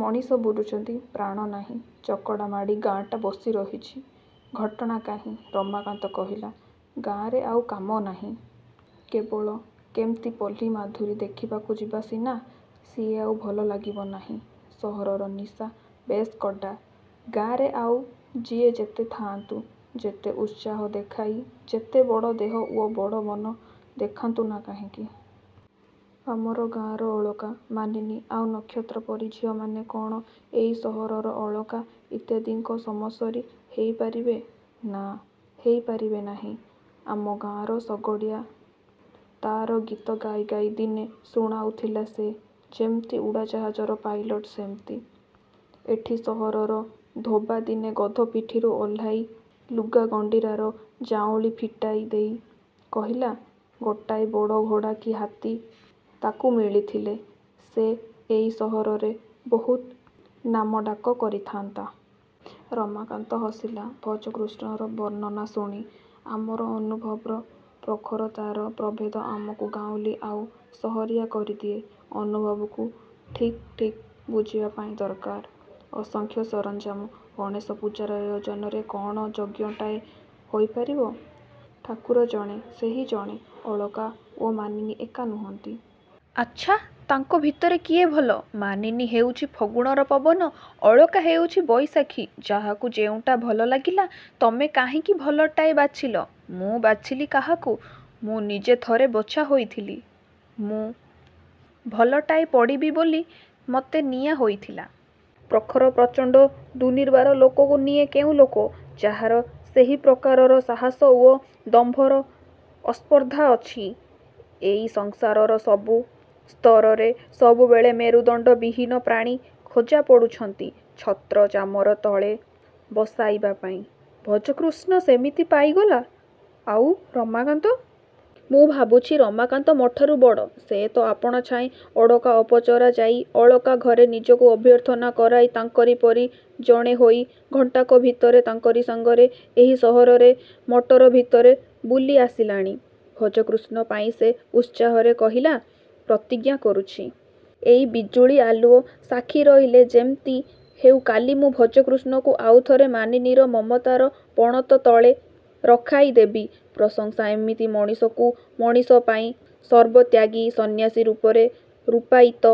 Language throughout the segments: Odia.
ମଣିଷ ବୁଲୁଛନ୍ତି-ପ୍ରାଣ ନାହିଁ। ଚକଡ଼ା ମାଡ଼ି ଗାଁଆଟା ବସି ରହିଛି-ଘଟଣା କାହିଁ? ରମାକାନ୍ତ କହିଲା। -ଗାଁରେ ଆଉ କାମ ନାହିଁ। କେବଳ କେମିତି ପଲ୍ଲୀ ମାଧୁରୀ ଦେଖିବାକୁ ଯିବା ସିନା। ସିଏ ଆଉ ଭଲ ଲାଗିବ ନାହିଁ। ସହରର ନିଶା ବେଶ୍ କଡ଼୍ଡ଼ା। ଗାଁରେ ଆଉ ଯିଏ ଯେତେ ଥାଆନ୍ତୁ-ଯେତେ ଉତ୍ସାହ ଦେଖାଇ ଯେତେ ବଡ଼ ଦେହ ଓ ବଡ଼ ମନ ଦେଖାନ୍ତୁ ନା କାହିଁକି? -ଆମର ଗାଁର ଅଳକା, ମାନିନୀ ଆଉ ନକ୍ଷତ୍ର ପରି ଝିଅମାନେ କ'ଣ ଏଇ ସହରର ଅଳକା ଇତ୍ୟାଦିଙ୍କ ସମସରି ହେଇପାରିବେ? -ନା, ହେଇ ପାରିବେ ନାହିଁ। ଆମ ଗାଁର ଶଗଡ଼ିଆ ତାର ଗୀତ ଗାଇ ଗାଇ ଦିନେ ଶୁଣାଉଥିଲା ସେ ଯେମିତି-ଉଡ଼ାଜାହାଜର ପାଇଲଟ୍ ସେମିତି। ଏଠି ସହରର ଧୋବା ଦିନେ ଗଧ ପିଠିରୁ ଓହ୍ଲାଇ ଲୁଗା ଗଣ୍ଡିରାର ଜାଉଁଳି ଫିଟାଇ ଦେଇ କହିଲା-ଗୋଟାଏ ବଡ଼ ଘୋଡ଼ା କି ହାତୀ ତାକୁ ମିଳିଥିଲେ ସେ ଏଇ ସହରରେ ବହୁତ ନାମ ଡାକ କରିଥାନ୍ତା। ରମାକାନ୍ତ ହସିଲା ଭଜକୃଷ୍ଣର ବର୍ଣ୍ଣନା ଶୁଣି। -ଆମର ଅନୁଭବର ପ୍ରଖରତାର ପ୍ରଭେଦ ଆମକୁ ଗାଉଁଲି ଆଉ ସହରିଆ କରିଦିଏ। ଅନୁଭବକୁ ଠିକ୍ ଠିକ୍ ବୁଝିବା ପାଇଁ ଦରକାର ଅସଂଖ୍ୟ ସରଞ୍ଜାମ। ଗଣେଶ ପୂଜାର ଆୟୋଜନରେ କ'ଣ ଯଜ୍ଞଟାଏ ହୋଇପାରିବ? ଠାକୁର ଜଣେ-ସେହି ଜଣେ। ଅଳକା ଓ ମାନିନୀ ଏକା ନୁହନ୍ତି। -ଆଚ୍ଛା, ତାଙ୍କ ଭିତରେ କିଏ ଭଲ? -ମାନିନୀ ହେଉଛି ଫଗୁଣର ପବନ। ଅଳକା ହେଉଛି ବଇଶାଖି। ଯାହାକୁ ଯେଉଁଟା ଭଲ ଲାଗିଲା। -ତମେ କାହିଁକି ଭଲଟାଏ ବାଛିଲ? -ମୁଁ ବାଛିଲି କାହାକୁ? ମୁଁ ନିଜେ ଥରେ ବଛା ହୋଇଥିଲି। ମୁଁ ଭଲଟାଏ ପଡ଼ିବି ବୋଲି ମତେ ନିଆ ହୋଇଥିଲା। ପ୍ରଖର, ପ୍ରଚଣ୍ଡ, ଦୁନିର୍ବାର ଲୋକକୁ ନିଏ କେଉଁ ଲୋକ? -ଯାହାର ସେହି ପ୍ରକାରର ସାହସ ଓ ଦମ୍ଭର ଅସ୍ପର୍ଦ୍ଧା ଅଛି। ଏଇ ସଂସାରର ସବୁ ସ୍ତରରେ ସବୁବେଳେ ମେରୁଦଣ୍ଡ-ବିହୀନ ପ୍ରାଣୀ ଖୋଜା ପଡ଼ୁଛନ୍ତି ଛତ୍ର ଚାମର ତଳେ ବସାଇବା ପାଇଁ। ଭଜକୃଷ୍ଣ ସେମିତି ପାଇଗଲା। -ଆଉ ରମାକାନ୍ତ? -ମୁଁ ଭାବୁଛି ରମାକାନ୍ତ ମୋଠାରୁ ବଡ଼। ସେ ତ ଆପାଣାଛାଏଁ ଅଡ଼କା ଅପଚରା ଯାଇ ଅଳକା ଘରେ ନିଜକୁ ଅଭ୍ୟର୍ଥନା କରାଇ ତାଙ୍କରି ପରି ଜଣେ ହୋଇ ଘଣ୍ଟାକ ଭିତରେ ତାଙ୍କରି ସାଙ୍ଗରେ ଏଇ ସହରରେ ମଟର ଭିତରେ ବୁଲି ଆସିଲାଣି। ଭଜକୃଷ୍ଣ ପାଇଁ ସେ ଉତ୍ସାହରେ କହିଲା-ପ୍ରତିଜ୍ଞା କରୁଛି। ଏଇ ବିଜୁଳି ଆଲୁଅ ସାକ୍ଷୀ ରହିଲେ-ଯେମିତି ହେଉ କାଲି ମୁଁ ଭଜକୃଷ୍ଣକୁ ଆଉ ଥରେ ମାନିନୀର ମମତାର ପଣତ ତଳେ ରଖାଇଦେବି। ପ୍ରଶଂସା ଏମିତି ମଣିଷକୁ ମଣିଷ ପାଇଁ ସର୍ବତ୍ୟାଗୀ ସନ୍ନ୍ୟାସୀ ରୂପରେ ରୂପାୟିତ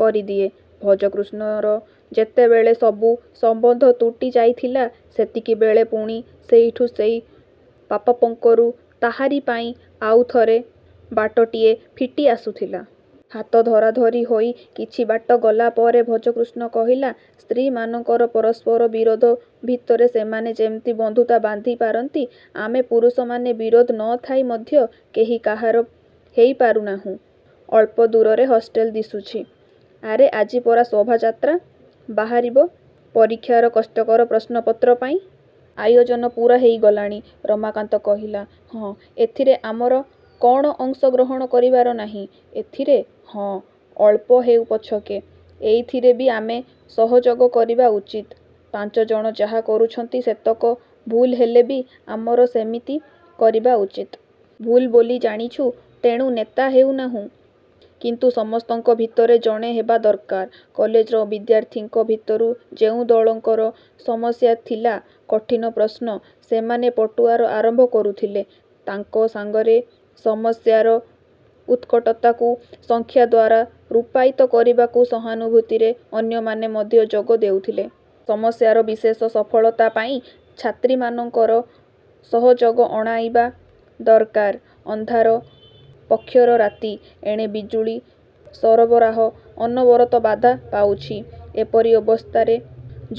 କରିଦିଏ। ଭଜକୃଷ୍ଣର ଯେତେବେଳେ ସବୁ ସମ୍ୱନ୍ଧ ତୁଟି ଯାଇଥିଲା ସେତିକିବେଳେ ପୁଣି ସେଇଠୁ ସେଇ ପାପପଙ୍କରୁ ତାହାରି ପାଇଁ ଆଉଥରେ ବାଟଟିଏ ଫିଟି ଆସୁଥିଲା। ହାତ ଧରାଧରି ହୋଇ କିଛି ବାଟ ଗଲା ପରେ ଭଜକୃଷ୍ଣ କହିଲା ସ୍ତ୍ରୀମାନଙ୍କର ପରସ୍ପର ବିରୋଧ ଭିତରେ ସେମାନେ ଯେମିତି ବନ୍ଧୁତା ବାନ୍ଧି ପାରନ୍ତି ଆମେ ପୁରୁଷମାନେ ବିରୋଧ ନ ଥାଇ ମଧ୍ୟ କେହି କାହାର ହେଇ ପାରୁନାହୁଁ। ଅଳ୍ପ ଦୂରରେ ହଷ୍ଟେଲ ଦିଶୁଛି। -ଆରେ ଆଜି ପରା ଶୋଭାଯାତ୍ରା ବାହାରିବ ପରୀକ୍ଷାର କଷ୍ଟକର ପ୍ରଶ୍ନପତ୍ର ପାଇଁ? ଆୟୋଜନ ପୂରା ହେଇଗଲାଣି-ରମାକାନ୍ତ କହିଲା। -ହଁ। -ଏଥିରେ ଆମର କ'ଣ ଅଂଶ ଗ୍ରହଣ କରିବାର ନାହିଁ? -ଏଥିରେ? -ହଁ, ଅଳ୍ପ ହେଉ ପଛକେ ଏଇଥିରେ ବି ଆମେ ସହଯୋଗ କରିବା ଉଚିତ୍। ପାଞ୍ଚଜଣ ଯାହା କରୁଛନ୍ତି ସେତକ ଭୁଲ୍ ହେଲେ ବି ଆମର ସେମିତି କରିବା ଉଚିତ୍। ଭୁଲ୍ ବୋଲି ଜାଣିଛୁ ତେଣୁ ନେତା ହେଉ ନାହୁଁ। କିନ୍ତୁ ସମସ୍ତଙ୍କ ଭିତରେ ଜଣେ ହେବା ଦରକାର। କଲେଜର ବିଦ୍ୟାର୍ଥୀଙ୍କ ଭିତରୁ ଯେଉଁ ଦଳଙ୍କର ସମସ୍ୟା ଥିଲା କଠିନ ପ୍ରଶ୍ନ-ସେମାନେ ପଟୁଆର ଆରମ୍ଭ କରୁଥିଲେ। ତାଙ୍କ ସାଙ୍ଗରେ ସମସ୍ୟାର ଉତ୍କଟତାକୁ ସଂଖ୍ୟା ଦ୍ୱାରା ରୂପାୟିତ କରିବାକୁ ସହାନୁଭୂତିରେ ଅନ୍ୟମାନେ ମଧ୍ୟ ଯୋଗ ଦେଉଥିଲେ। ସମସ୍ୟାର ବିଶେଷ ସଫଳତା ପାଇଁ ଛାତ୍ରୀମାନଙ୍କର ସହଯୋଗ ଅଣାଇବା ଦରକାର। ଅନ୍ଧାର ପକ୍ଷର ରାତି। ଏଣେ ବିଜୁଳି ସରବରାହ ଅନବରତ ବାଧା ପାଉଛି। ଏପରି ଅବସ୍ଥାରେ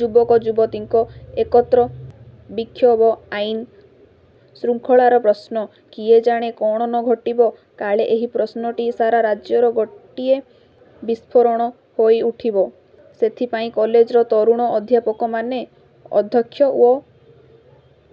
ଯୁବକ ଯୁବତୀଙ୍କ -ଏକତ୍ର ବିକ୍ଷୋଭ ଆଇନ ଶୃଙ୍ଗଳାର ପ୍ରଶ୍ନ। କିଏ ଜାଣେ କ'ଣ ନ ଘଟିବ? କାଳେ ଏହି ପ୍ରଶ୍ନଟି ସାରା ରାଜ୍ୟର ଗୋଟିଏ ବିସ୍ଫୋରଣ ହୋଇ ଉଠିବ ସେଥିପାଇଁ କଲେଜର ତରୁଣ ଅଧ୍ୟାପକମାନେ, ଅଧ୍ୟକ୍ଷ ଓ।